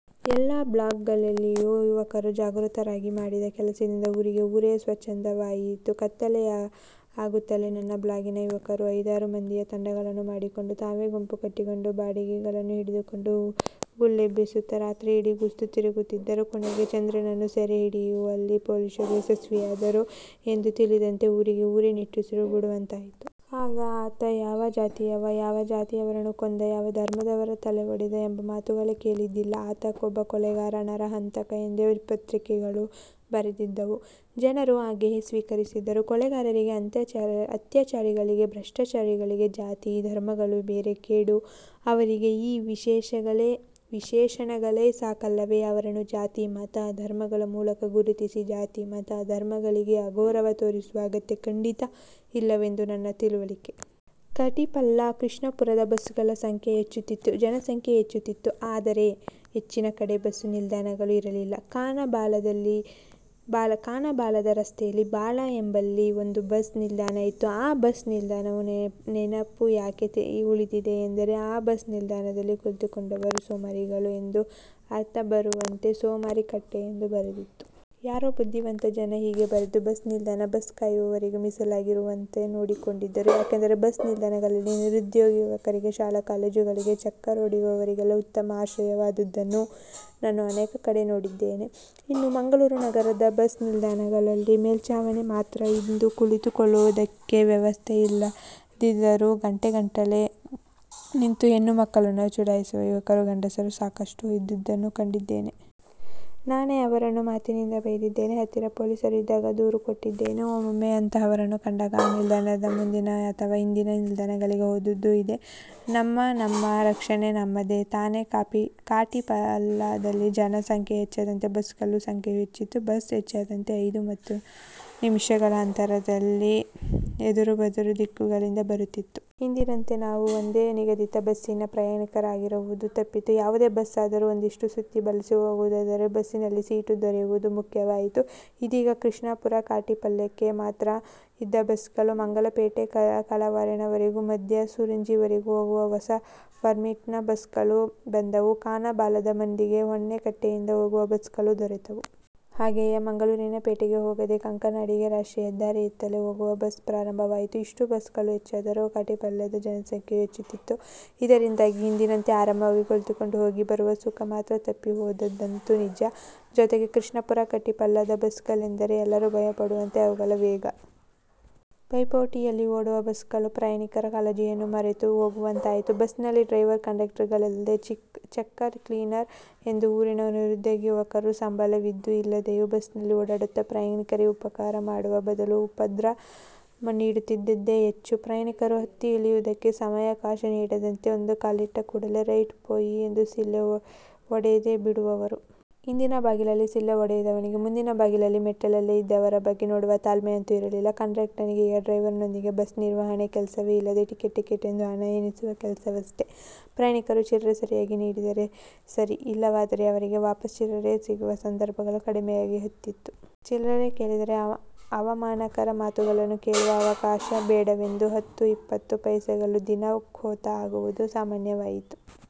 ಎಲ್ಲಾ ಬ್ಲಾಕ್ಗಳಲ್ಲಿಯೂ ಯುವಕರು ಜಾಗೃತರಾಗಿ ಮಾಡಿದ ಕೆಲಸದಿಂದ ಊರಿಗೇ ಊರೇ ಸ್ವಚ್ಛವಾದಂತಾಯಿತು. ಕತ್ತಲೆಯಾಗುತ್ತಲೇ ನನ್ನ ಬ್ಲಾಕಿನ ಯುವಕರು ಐದಾರು ಮಂದಿಯ ತಂಡಗಳನ್ನು ಮಾಡಿಕೊಂಡು ತಾವೇ ಗುಂಪು ಕಟ್ಟಿಕೊಂಡು ಬಡಿಗೆಗಳನ್ನು ಹಿಡಿದುಕೊಂಡು ಗುಲ್ಲೆಬ್ಬಿಸುತ್ತಾ ರಾತ್ರಿಯಿಡೀ ಗಸ್ತು ತಿರುಗುತ್ತಿದ್ದರು. ಕೊನೆಗೂ ಚಂದ್ರನ್ನನ್ನು ಸೆರೆ ಹಿಡಿಯುವಲ್ಲಿ ಪೊಲೀಸರು ಯಶಸ್ವಿಯಾದರು ಎಂದು ತಿಳಿದಂತೆ ಊರಿಗೇ ಊರೇ ನಿಟ್ಟುಸಿರು ಬಿಡುವಂತಾಯ್ತು. ಆಗ ಆತ ಯಾವ ಜಾತಿಯವ, ಯಾವ ಜಾತಿಯವರನ್ನು ಕೊಂದ, ಯಾವ ಧರ್ಮದವರ ತಲೆ ಒಡೆದ ಎಂಬ ಮಾತುಗಳೇ ಕೇಳಿದ್ದಿಲ್ಲ. ಆತ ಒಬ್ಬ ಕೊಲೆಗಾರ, ನರಹಂತಕ ಎಂದೇ ಪತ್ರಿಕೆಗಳು ಬರೆದಿದ್ದುವು. ಜನರೂ ಹಾಗೆಯೇ ಸ್ವೀಕರಿಸಿದ್ದರು. ಕೊಲೆಗಾರರಿಗೆ, ಅತ್ಯಾಚಾರಿಗಳಿಗೆ, ಭ್ರಷ್ಟಾಚಾರಿಗಳಿಗೆ ಜಾತಿ, ಧರ್ಮಗಳು ಬೇರೆ ಕೇಡು. ಅವರಿಗೆ ಆ ವಿಶೇಷಣಗಳೇ ಸಾಕಲ್ಲವೇ ಅವರನ್ನು ಜಾತಿ, ಮತ, ಧರ್ಮಗಳ ಮೂಲಕ ಗುರುತಿಸಿ ಜಾತಿ, ಮತ, ಧರ್ಮಗಳಿಗೆ ಅಗೌರವ ತೋರಿಸುವ ಅಗತ್ಯ ಖಂಡಿತ ಇಲ್ಲವೆಂದೇ ನನ್ನ ತಿಳುವಳಿಕೆ. ಕಾಟಿಪಳ್ಳ, ಕೃಷ್ಣಾಪುರದ ಬಸ್ಸುಗಳ ಸಂಖ್ಯೆ ಹೆಚ್ಚುತ್ತಿತ್ತು. ಜನಸಂಖ್ಯೆ ಹೆಚ್ಚುತ್ತಿತ್ತು. ಆದರೆ ಹೆಚ್ಚಿನ ಕಡೆ ಬಸ್ಸು ನಿಲ್ದಾಣಗಳು ಇರಲಿಲ್ಲ. ಕಾನ ಬಾಳದ ರಸ್ತೆಯಲ್ಲಿ ಬಾಳ ಎಂಬಲ್ಲಿ ಒಂದು ಬಸ್ ನಿಲ್ದಾಣ ಇತ್ತು. ಆ ಬಸ್ಸು ನಿಲ್ದಾಣದ ನೆನಪು ಯಾಕೆ ಉಳಿದಿದೆ ಎಂದರೆ ಈ ಬಸ್ಸು ನಿಲ್ದಾಣದಲ್ಲಿ ಕುಳಿತುಕೊಂಡವರು ಸೋಮಾರಿಗಳು ಎಂದು ಅರ್ಥ ಬರುವಂತೆ 'ಸೋಮಾರಿ ಕಟ್ಟೆ' ಎಂದು ಬರೆದಿತ್ತು. ಯಾರೋ ಬುದ್ಧಿವಂತ ಜನ ಹೀಗೆ ಬರೆದು ಬಸ್ಸು ನಿಲ್ದಾಣ ಬಸ್ಸು ಕಾಯುವವರಿಗೇ ಮೀಸಲಾಗಿರುವಂತೆ ನೋಡಿಕೊಂಡಿದ್ದರು. ಯಾಕೆಂದರೆ ಬಸ್ಸು ನಿಲ್ದಾಣಗಳೆಲ್ಲ ನಿರುದ್ಯೋಗಿ ಯುವಕರಿಗೆ, ಶಾಲಾ ಕಾಲೇಜುಗಳಿಗೆ ಚಕ್ಕರ್ ಕೊಡುವವರಿಗೆಲ್ಲ ಉತ್ತಮ ಆಶ್ರಯವಾದುದನ್ನು ನಾನು ಅನೇಕ ಕಡೆ ನೋಡಿದ್ದೇನೆ. ಇನ್ನು ಮಂಗಳೂರು ನಗರದ ಬಸ್ ನಿಲ್ದಾಣಗಳಲ್ಲಿ ಮೇಲ್ಛಾವಣಿ ಮಾತ್ರ ಇದ್ದು ಕುಳಿತುಕೊಳ್ಳುವುದಕ್ಕೆ ವ್ಯವಸ್ಥೆ ಇಲ್ಲದಿದ್ದರೂ ಗಂಟೆಗಟ್ಟಲೆ ನಿಂತು ಹೆಣ್ಣು ಮಕ್ಕಳನ್ನು ಚುಡಾಯಿಸುವ ಯುವಕರು, ಗಂಡಸರೂ ಸಾಕಷ್ಟು ಇದ್ದುದನ್ನು ಕಂಡಿದ್ದೇನೆ. ನಾನೇ ಅವರನ್ನು ಮಾತಿನಿಂದ ಬೈದಿದ್ದೇನೆ, ಹತ್ತಿರ ಪೊಲೀಸರು ಇದ್ದಾಗ ದೂರು ಕೊಟ್ಟಿದ್ದೇನೆ. ಒಮ್ಮೊಮ್ಮೆ ಅಂತಹವರನ್ನು ಕಂಡಾಗ ಆ ನಿಲ್ದಾಣದಿಂದ ಮುಂದಿನ ಅಥವಾ ಹಿಂದಿನ ನಿಲ್ದಾಣಗಳಿಗೆ ಹೋದುದೂ ಇದೆ. ನಮ್ಮ ನಮ್ಮ ರಕ್ಷಣೆ ನಮ್ಮದೇ ತಾನೇ ಕಾಟಿಪಳ್ಳದಲ್ಲಿ ಜನ ಸಂಖ್ಯೆ ಹೆಚ್ಚಿದಂತೆ ಬಸ್ಸುಗಳ ಸಂಖ್ಯೆಯೂ ಹೆಚ್ಚಿತು. ಬಸ್ಸು ಹೆಚ್ಚಾದಂತೆ ಐದು ಹತ್ತು ನಿಮಿಷಗಳ ಅಂತರದಲ್ಲಿ ಎದುರು ಬದುರು ದಿಕ್ಕುಗಳಿಂದ ಬರುತ್ತಿತ್ತು. ಹಿಂದಿನಂತೆ ನಾವು ಒಂದೇ ನಿಗದಿತ ಬಸ್ಸಿನ ಪ್ರಯಾಣಿಕರಾಗುವುದು ತಪ್ಪಿತು. ಯಾವುದೇ ಬಸ್ಸಾದರೂ ಒಂದಿಷ್ಟು ಸುತ್ತಿ ಬಳಸಿ ಹೋಗುವುದಾದರೂ ಬಸ್ಸಿನಲ್ಲಿ ಸೀಟು ದೊರೆಯುವುದು ಮುಖ್ಯವಾಯಿತು. ಇದೀಗ ಕೃಷ್ಣಾಪುರ, ಕಾಟಿಪಳ್ಳಕ್ಕೆ ಮಾತ್ರ ಇದ್ದ ಬಸ್ಸುಗಳು, ಮಂಗಳಪೇಟೆ, ಕಳವಾರಿನವರೆಗೂ, ಮದ್ಯ, ಸೂರಿಂಜೆವರೆಗೂ ಹೋಗುವ ಹೊಸ ಪರ್ಮಿಟ್ನ ಬಸ್ಸುಗಳು ಬಂದವು. ಕಾನ ಬಾಳದ ಮಂದಿಗೆ ಹೊನ್ನೆಕಟ್ಟೆಯಿಂದ ಹೋಗುವ ಬಸ್ಸುಗಳೂ ದೊರೆತವು. ಹಾಗೆಯೇ ಮಂಗಳೂರಿನ ಪೇಟೆಗೆ ಹೋಗದೆ ಕಂಕನಾಡಿಗೆ ರಾಷ್ಟ್ರೀಯ ಹೆದ್ದಾರಿಯಲ್ಲೇ ಹೋಗುವ ಬಸ್ಸು ಪ್ರಾರಂಭವಾಯಿತು. ಇಷ್ಟು ಬಸ್ಸುಗಳು ಹೆಚ್ಚಾದರೂ ಕಾಟಿಪಳ್ಳದ ಜನಸಂಖ್ಯೆಯೂ ಹೆಚ್ಚುತ್ತಿತ್ತು. ಇದರಿಂದಾಗಿ ಹಿಂದಿನಂತೆ ಆರಾಮಾಗಿ ಕುಳಿತುಕೊಂಡು ಹೋಗಿ ಬರುವ ಸುಖ ಮಾತ್ರ ತಪ್ಪಿ ಹೋದುದಂತೂ ನಿಜ. ಜೊತೆಗೆ ಕೃಷ್ಣಾಪುರ, ಕಾಟಿಪಳ್ಳದ ಬಸ್ಸುಗಳೆಂದರೆ ಎಲ್ಲರೂ ಭಯಪಡುವಂತೆ ಅವುಗಳ ವೇಗ. ಪೈಪೋಟಿಯಲ್ಲಿ ಓಡುವ ಬಸ್ಸುಗಳು ಪ್ರಯಾಣಿಕರ ಕಾಳಜಿಯನ್ನು ಮರೆತು ಹೋಗುವಂತಾಯಿತು. ಬಸ್ಸಿನಲ್ಲಿ ಡ್ರೈವರ್, ಕಂಡಕ್ಟರ್ಗಳಲ್ಲದೆ ಚೆಕ್ಕರ್, ಕ್ಲೀನರ್ ಎಂದು ಊರಿನ ನಿರುದ್ಯೋಗಿ ಯುವಕರು ಸಂಬಳವಿದ್ದೋ ಇಲ್ಲದೆಯೋ ಬಸ್ಸಿನಲ್ಲಿ ಓಡಾಡುತ್ತಾ ಪ್ರಯಾಣಿಕರಿಗೆ ಉಪಕಾರ ಮಾಡುವ ಬದಲು ಉಪದ್ರ ನೀಡುತ್ತಿದ್ದುದೇ ಹೆಚ್ಚು. ಪ್ರಯಾಣಿಕರು ಹತ್ತಿ ಇಳಿಯುವುದಕ್ಕೆ ಸಮಯಾವಕಾಶ ನೀಡದಂತೆ ಒಂದು ಕಾಲಿಟ್ಟ ಕೂಡಲೇ 'ರೈಟ್ ಪೋಯಿ' ಎಂದು ಸಿಳ್ಳೆ ಹೊಡೆದೇ ಬಿಡುವವರು. ಹಿಂದಿನ ಬಾಗಿಲಲ್ಲಿ ಸಿಳ್ಳೆ ಹೊಡೆದವನಿಗೆ ಮುಂದಿನ ಬಾಗಿಲಲ್ಲಿ ಮೆಟ್ಟಲಲ್ಲೇ ಇದ್ದವರ ಬಗ್ಗೆ ನೋಡುವ ತಾಳ್ಮೆ ಅಂತೂ ಇರಲಿಲ್ಲ. ಕಂಡಕ್ಟರ್ನಿಗೆ ಈಗ ಡ್ರೈವರ್ನೊಂದಿಗೆ ಬಸ್ಸು ನಿರ್ವಹಣೆಯ ಕೆಲಸವೇ ಇಲ್ಲದೆ ಟಿಕೆಟ್ ಟಿಕೆಟ್ ಎಂದು ಹಣ ಎಣಿಸುವ ಕೆಲಸವಷ್ಟೇ. ಪ್ರಯಾಣಿಕರು ಚಿಲ್ಲರೆ ಸರಿಯಾಗಿ ನೀಡಿದರೆ ಸರಿ. ಇಲ್ಲವಾದರೆ ಅವರಿಗೆ ವಾಪಸ್ ಚಿಲ್ಲರೆ ಸಿಗುವ ಸಂದರ್ಭಗಳು ಕಡಿಮೆಯಾಗ ಹತ್ತಿತ್ತು. ಚಿಲ್ಲರೆ ಕೇಳಿದರೆ ಅವಮಾನಕರ ಮಾತುಗಳನ್ನು ಕೇಳುವ ಅವಕಾಶ ಬೇಡವೆಂದು ಹತ್ತು, ಇಪ್ಪತ್ತು ಪೈಸೆಗಳು ದಿನಾ ಖೋತಾ ಆಗುವುದು ಸಾಮಾನ್ಯವಾಯ್ತು.